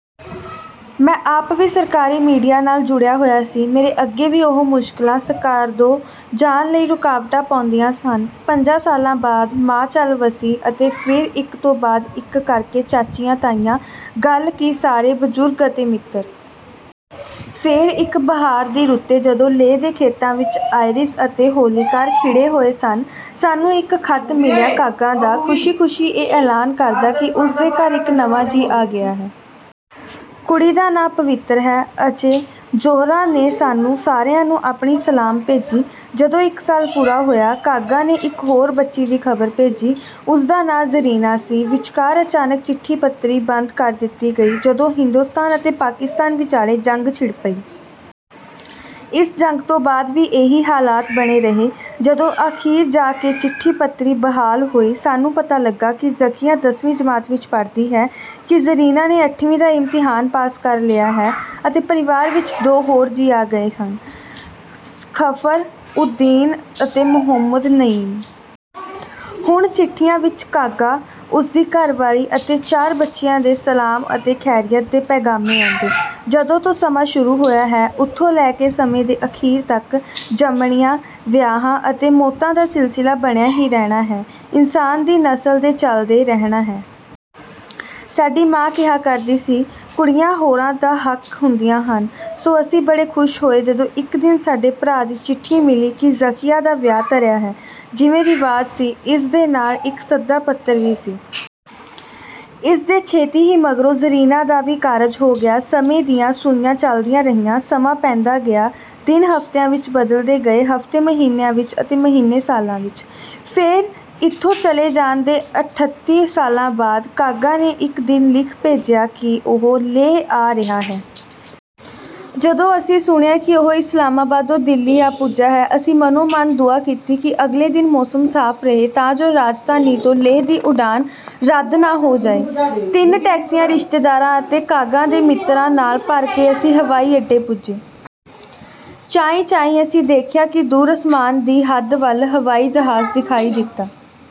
ਮੈਂ ਆਪ ਵੀ ਸਰਕਾਰੀ ਮੀਡੀਆ ਨਾਲ ਜੁੜਿਆ ਹੋਇਆ ਸੀ। ਮੇਰੇ ਅੱਗੇ ਵੀ ਓਹੋ ਮੁਸ਼ਕਿਲਾਂ ਸਕਾਰਦੋ ਜਾਣ ਲਈ ਰੁਕਾਵਟਾਂ ਪਾਉਂਦੀਆਂ ਸਨ। ਪੰਜਾਂ ਸਾਲਾਂ ਬਾਅਦ, ਮਾਂ ਚੱਲ ਵਸੀ ਅਤੇ ਫੇਰ ਇੱਕ ਤੋਂ ਬਾਅਦ ਇੱਕ ਕਰਕੇ ਚਾਚੀਆਂ, ਤਾਈਆਂ, ਗੱਲ ਕੀ ਸਾਰੇ ਬਜ਼ੁਰਗ ਅਤੇ ਮਿੱਤਰ। ਫੇਰ, ਇੱਕ ਬਹਾਰ ਦੀ ਰੁੱਤੇ, ਜਦੋਂ ਲੇਹ ਦੇ ਖੇਤਾਂ ਵਿੱਚ ਆਇਰਿਸ ਅਤੇ ਹੌਲੀਹਾਕ ਖਿੜੇ ਹੋਏ ਸਨ, ਸਾਨੂੰ ਇੱਕ ਖ਼ਤ ਮਿਲਿਆ ਕਾਗਾ ਦਾ, ਖੁਸ਼ੀ-ਖੁਸ਼ੀ ਇਹ ਐਲਾਨ ਕਰਦਾ ਕਿ ਉਸ ਦੇ ਘਰ ਇੱਕ ਨਵਾਂ ਜੀਅ ਆ ਗਿਆ ਹੈ। ਕੁੜੀ ਦਾ ਨਾਂ ਪਵਿੱਤਰ ਹੈ। ਅਚੇ ਜ਼ੋਹਰਾ ਨੇ ਸਾਨੂੰ ਸਾਰਿਆਂ ਨੂੰ ਆਪਣੀ ਸਲਾਮ ਭੇਜੀ। ਜਦੋਂ ਇੱਕ ਸਾਲ ਪੂਰਾ ਹੋਇਆ, ਕਾਗਾ ਨੇ ਇੱਕ ਹੋਰ ਬੱਚੀ ਦੀ ਖ਼ਬਰ ਭੇਜੀ। ਉਸ ਦਾ ਨਾਂ ਜ਼ਰੀਨਾ ਸੀ। ਵਿਚਕਾਰ ਅਚਾਨਕ ਚਿੱਠੀ-ਪੱਤਰੀ ਬੰਦ ਕਰ ਦਿੱਤੀ ਗਈ, ਜਦੋਂ ਹਿੰਦੋਸਤਾਨ ਅਤੇ ਪਾਕਿਸਤਾਨ ਵਿਚਾਲੇ ਜੰਗ ਛਿੜ ਪਈ। ਇਸ ਜੰਗ ਤੋਂ ਬਾਅਦ ਵੀ ਇਹੀ ਹਾਲਾਤ ਬਣੇ ਰਹੇ। ਜਦੋਂ ਅਖ਼ੀਰ ਜਾ ਕੇ ਚਿੱਠੀ-ਪੱਤਰੀ ਬਹਾਲ ਹੋਈ, ਸਾਨੂੰ ਪਤਾ ਲੱਗਾ ਕਿ ਜ਼ਕੀਆ ਦਸਵੀਂ ਜਮਾਤ ਵਿੱਚ ਪੜ੍ਹਦੀ ਹੈ, ਕਿ ਜ਼ਰੀਨਾ ਨੇ ਅੱਠਵੀਂ ਦਾ ਇਮਤਿਹਾਨ ਪਾਸ ਕਰ ਲਿਆ ਹੈ ਅਤੇ ਪਰਿਵਾਰ ਵਿੱਚ ਦੋ ਹੋਰ ਜੀਅ ਆ ਗਏ ਹਨ—ਫ਼ਖ਼ਰ-ਉਦ-ਦੀਨ ਅਤੇ ਮੋਹੰਮਦ ਨਈਮ। ਹੁਣ, ਚਿੱਠੀਆਂ ਵਿੱਚ ਕਾਗਾ, ਉਸ ਦੀ ਘਰਵਾਲੀ ਅਤੇ ਚਾਰ ਬੱਚਿਆਂ ਦੇ ਸਲਾਮ ਅਤੇ ਖੈਰੀਅਤ ਦੇ ਪੈਗ਼ਾਮ ਆਉਂਦੇ। ਜਦੋਂ ਤੋਂ ਸਮਾਂ ਸ਼ੁਰੂ ਹੋਇਆ ਹੈ, ਓਥੋਂ ਲੈ ਕੇ ਸਮੇਂ ਦੇ ਅਖ਼ੀਰ ਤੱਕ, ਜੰਮਣਿਆਂ, ਵਿਆਹਾਂ ਅਤੇ ਮੌਤਾਂ ਦਾ ਸਿਲਸਿਲਾ ਬਣਿਆ ਹੀ ਰਹਿਣਾ ਹੈ, ਇਨਸਾਨ ਦੀ ਨਸਲ ਦੇ ਚੱਲਦੇ ਰਹਿਣ ਦਾ। ਸਾਡੀ ਮਾਂ ਕਿਹਾ ਕਰਦੀ ਸੀ, "ਕੁੜੀਆਂ ਹੋਰਾਂ ਦ ਹੱਕ ਹੁੰਦੀਆਂ ਹਨ," ਸੋ ਅਸੀਂ ਬੜੇ ਖੁਸ਼ ਹੋਏ ਜਦੋਂ ਇੱਕ ਦਿਨ ਸਾਡੇ ਭਰਾ ਦੀ ਚਿੱਠੀ ਮਿਲੀ ਕਿ ਜ਼ਕੀਆ ਦਾ ਵਿਆਹ ਧਰਿਆ ਹੈ। ਜਿਵੇਂ ਰਿਵਾਜ ਸੀ, ਇਸ ਦੇ ਨਾਲ ਇੱਕ ਸੱਦਾ-ਪੱਤਰ ਵੀ ਸੀ। ਇਸ ਦੇ ਛੇਤੀ ਹੀ ਮਗਰੋਂ, ਜ਼ਰੀਨਾ ਦਾ ਵੀ ਕਾਰਜ ਹੋ ਗਿਆ। ਸਮੇਂ ਦੀਆਂ ਸੂਈਆਂ ਚੱਲਦੀਆਂ ਰਹੀਆਂ। ਸਮਾਂ ਪੈਂਦਾ ਗਿਆ। ਦਿਨ ਹਫ਼ਤਿਆਂ ਵਿੱਚ ਬਦਲਦੇ ਗਏ, ਹਫ਼ਤੇ ਮਹੀਨਿਆਂ ਵਿੱਚ ਅਤੇ ਮਹੀਨੇ ਸਾਲਾਂ ਵਿੱਚ। ਫੇਰ, ਇੱਥੋਂ ਚਲੇ ਜਾਣ ਦੇ ਅਠੱਤੀ ਸਾਲਾਂ ਬਾਅਦ, ਕਾਗਾ ਨੇ ਇੱਕ ਦਿਨ ਲਿਖ ਭੇਜਿਆ ਕਿ ਉਹ ਲੇਹ ਆ ਰਿਹਾ ਹੈ। ਜਦੋਂ ਅਸੀਂ ਸੁਣਿਆ ਕਿ ਉਹ ਇਸਲਾਮਾਬਾਦੋਂ ਦਿੱਲੀ ਆ ਪੁੱਜਾ ਹੈ, ਅਸੀਂ ਮਨੋ-ਮਨ ਦੁਆ ਕੀਤੀ ਕਿ ਅਗਲੇ ਦਿਨ ਮੌਸਮ ਸਾਫ਼ ਰਹੇ ਤਾਂ ਜੋ ਰਾਜਧਾਨੀ ਤੋਂ ਲੇਹ ਦੀ ਉਡਾਨ ਰੱਦ ਨਾ ਹੋ ਜਾਏ। ਤਿੰਨ ਟੈਕਸੀਆਂ ਰਿਸ਼ਤੇਦਾਰਾਂ ਅਤੇ ਕਾਗਾ ਦੇ ਮਿੱਤਰਾਂ ਨਾਲ ਭਰ ਕੇ ਅਸੀਂ ਹਵਾਈ ਅੱਡੇ ਪੁੱਜੇ। ਚਾਈਂ-ਚਾਈਂ, ਅਸੀਂ ਦੇਖਿਆ ਕਿ ਦੂਰ ਅਸਮਾਨ ਦੀ ਹੱਦ ਵੱਲ ਹਵਾਈ ਜਹਾਜ਼ ਦਿਖਾਈ ਦਿੱਤਾ...